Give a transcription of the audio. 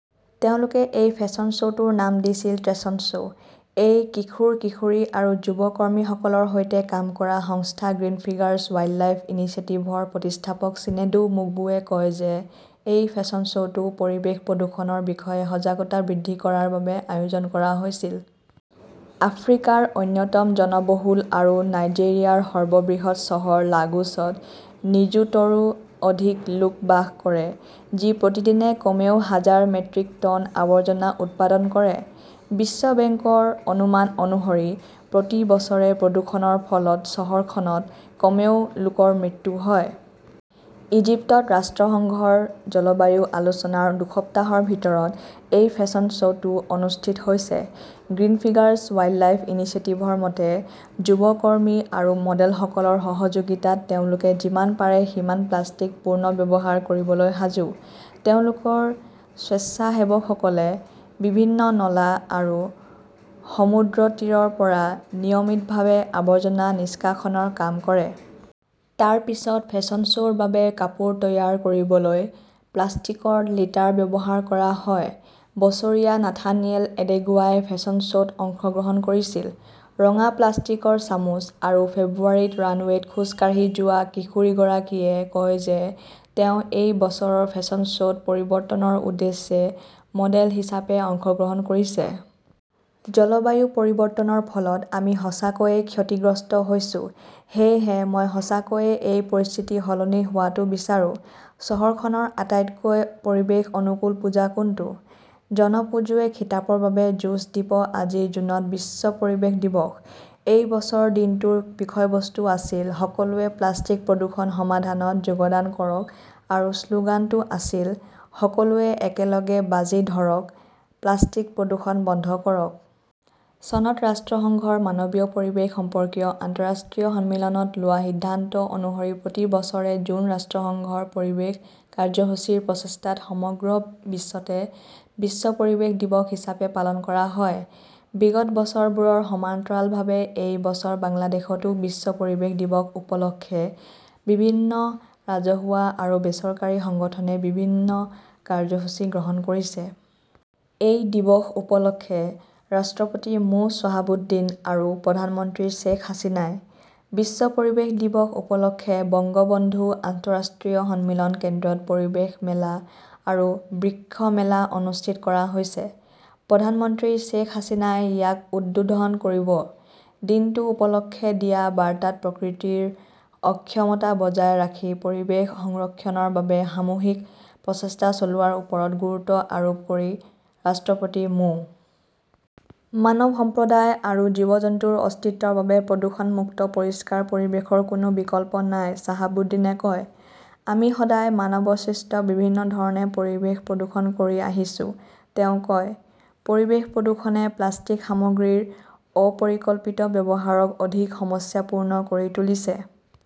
তেওঁলোকে এই fashion show "টোৰ নাম দিছিল" ট্ৰেচন শ্ব "। এই কিশোৰ-কিশোৰী আৰু যুৱ কৰ্মীসকলৰ সৈতে কাম কৰা সংস্থা গ্ৰীণফিংগাৰ্ছ ৱাইল্ডলাইফ ইনিচিয়েটিভৰ প্ৰতিষ্ঠাপক চিনেডু মোগবোৱে কয় যে এই ফেশ্বন শ্ব "টো পৰিৱেশ প্ৰদূষণৰ বিষয়ে সজাগতা বৃদ্ধি কৰাৰ বাবে আয়োজন কৰা হৈছিল। আফ্ৰিকাৰ অন্যতম জনবহুল আৰু নাইজেৰিয়াৰ সৰ্ববৃহৎ চহৰ লাগোছত নিযুতৰো অধিক লোক বাস কৰে, যি প্ৰতিদিনে কমেও হাজাৰ মেট্ৰিক টন আৱৰ্জনা উৎপাদন কৰে। বিশ্ব বেংকৰ অনুমান অনুসৰি প্ৰতি বছৰে প্ৰদূষণৰ ফলত চহৰখনত কমেও, লোকৰ মৃত্যু হয়। ইজিপ্তত ৰাষ্ট্ৰসংঘৰ জলবায়ু আলোচনাৰ দুসপ্তাহৰ ভিতৰত এই ফেশ্বন শ্ব "টো অনুষ্ঠিত হৈছে। গ্ৰীণফিংগাৰ্ছ ৱাইল্ডলাইফ ইনিচিয়েটিভৰ মতে, যুৱ কৰ্মী আৰু মডেলসকলৰ সহযোগিতাত তেওঁলোকে যিমান পাৰে সিমান প্লাষ্টিক পুনৰ্ব্যৱহাৰ কৰিবলৈ সাজু। তেওঁলোকৰ স্বেচ্ছাসেৱকসকলে বিভিন্ন নলা আৰু সমুদ্ৰতীৰৰ পৰা নিয়মিতভাৱে আৱৰ্জনা নিষ্কাশনৰ কাম কৰে। তাৰ পিছত ফেশ্বন শ্ব "ৰ বাবে কাপোৰ তৈয়াৰ কৰিবলৈ প্লাষ্টিকৰ লিটাৰ ব্যৱহাৰ কৰা হয়। বছৰীয়া নাথানিয়েল এডেগোৱাই ফেশ্বন শ্ব "ত অংশগ্ৰহণ কৰিছিল। ৰঙা প্লাষ্টিকৰ চামুচ আৰু ফেব্ৰুৱাৰীত ৰানৱেত খোজ কাঢ়ি যোৱা কিশোৰীগৰাকীয়ে কয় যে তেওঁ এই বছৰৰ ফেশ্বন শ্ব "ত" পৰিৱৰ্তনৰ উদ্দেশ্যে "মডেল হিচাপে অংশগ্ৰহণ কৰিছে। "জলবায়ু পৰিৱৰ্তনৰ ফলত আমি সকলোৱে ক্ষতিগ্ৰস্ত হৈছো, সেয়েহে মই সঁচাকৈয়ে এই পৰিস্থিতি সলনি হোৱাটো বিচাৰো। "। চহৰখনৰ আটাইতকৈ পৰিৱেশ-অনুকূল পূজা কোনটো? জন পুজুৱে খিতাপৰ বাবে যুঁজ দিব আজি জুনত বিশ্ব পৰিৱেশ দিৱস। এই বছৰ দিনটোৰ বিষয়বস্তু আছিল "সকলোৱে প্লাষ্টিক প্ৰদূষণ সমাধানত যোগদান কৰক", আৰু শ্লোগানটো আছিল "সকলোৱে একেলগে বাজি ধৰক, প্লাষ্টিক প্ৰদূষণ বন্ধ কৰক"। চনত ৰাষ্ট্ৰসংঘৰ মানৱীয় পৰিৱেশ সম্পৰ্কীয় আন্তঃৰাষ্ট্ৰীয় সন্মিলনত লোৱা সিদ্ধান্ত অনুসৰি প্ৰতি বছৰে জুন ৰাষ্ট্ৰসংঘৰ পৰিৱেশ কাৰ্যসূচী ৰ প্ৰচেষ্টাত সমগ্ৰ বিশ্বতে "বিশ্ব পৰিৱেশ দিৱস" হিচাপে পালন কৰা হয়। বিগত বছৰবোৰৰ সমান্তৰালভাৱে, এই বছৰ বাংলাদেশতো বিশ্ব পৰিৱেশ দিৱস উপলক্ষে বিভিন্ন ৰাজহুৱা আৰু বেচৰকাৰী সংগঠনে বিভিন্ন কাৰ্যসূচী গ্ৰহণ কৰিছে। এই দিৱস উপলক্ষে ৰাষ্ট্ৰপতি মো. শ্বাহাবুদ্দিন আৰু প্ৰধানমন্ত্ৰী শ্বেখ হাছিনাই। বিশ্ব পৰিৱেশ দিৱস উপলক্ষে বঙ্গবন্ধু আন্তঃৰাষ্ট্ৰীয় সন্মিলন কেন্দ্ৰত পৰিৱেশ মেলা আৰু বৃক্ষ মেলা অনুষ্ঠিত কৰা হৈছে। প্ৰধানমন্ত্ৰী শ্বেইখ হাছিনাই ইয়াক উদ্বোধন কৰিব। দিনটো উপলক্ষে দিয়া বাৰ্তাত প্ৰকৃতিৰ অক্ষমতা বজাই ৰাখি পৰিৱেশ সংৰক্ষণৰ বাবে সামূহিক প্ৰচেষ্টা চলোৱাৰ ওপৰত গুৰুত্ব আৰোপ কৰি ৰাষ্ট্ৰপতি মো. "মানৱ সম্প্ৰদায় আৰু জীৱ-জন্তুৰ অস্তিত্বৰ বাবে প্ৰদূষণ-মুক্ত পৰিষ্কাৰ পৰিৱেশৰ কোনো বিকল্প নাই", চাহাবুদ্দিনে কয়। "আমি সদায় মানৱসৃষ্ট বিভিন্ন ধৰণে পৰিৱেশ প্ৰদূষণ কৰি আহিছো", তেওঁ কয়। পৰিৱেশ প্ৰদূষণে প্লাষ্টিক সামগ্ৰীৰ অপৰিকল্পিত ব্যৱহাৰক অধিক সমস্যাপূৰ্ণ কৰি তুলিছে।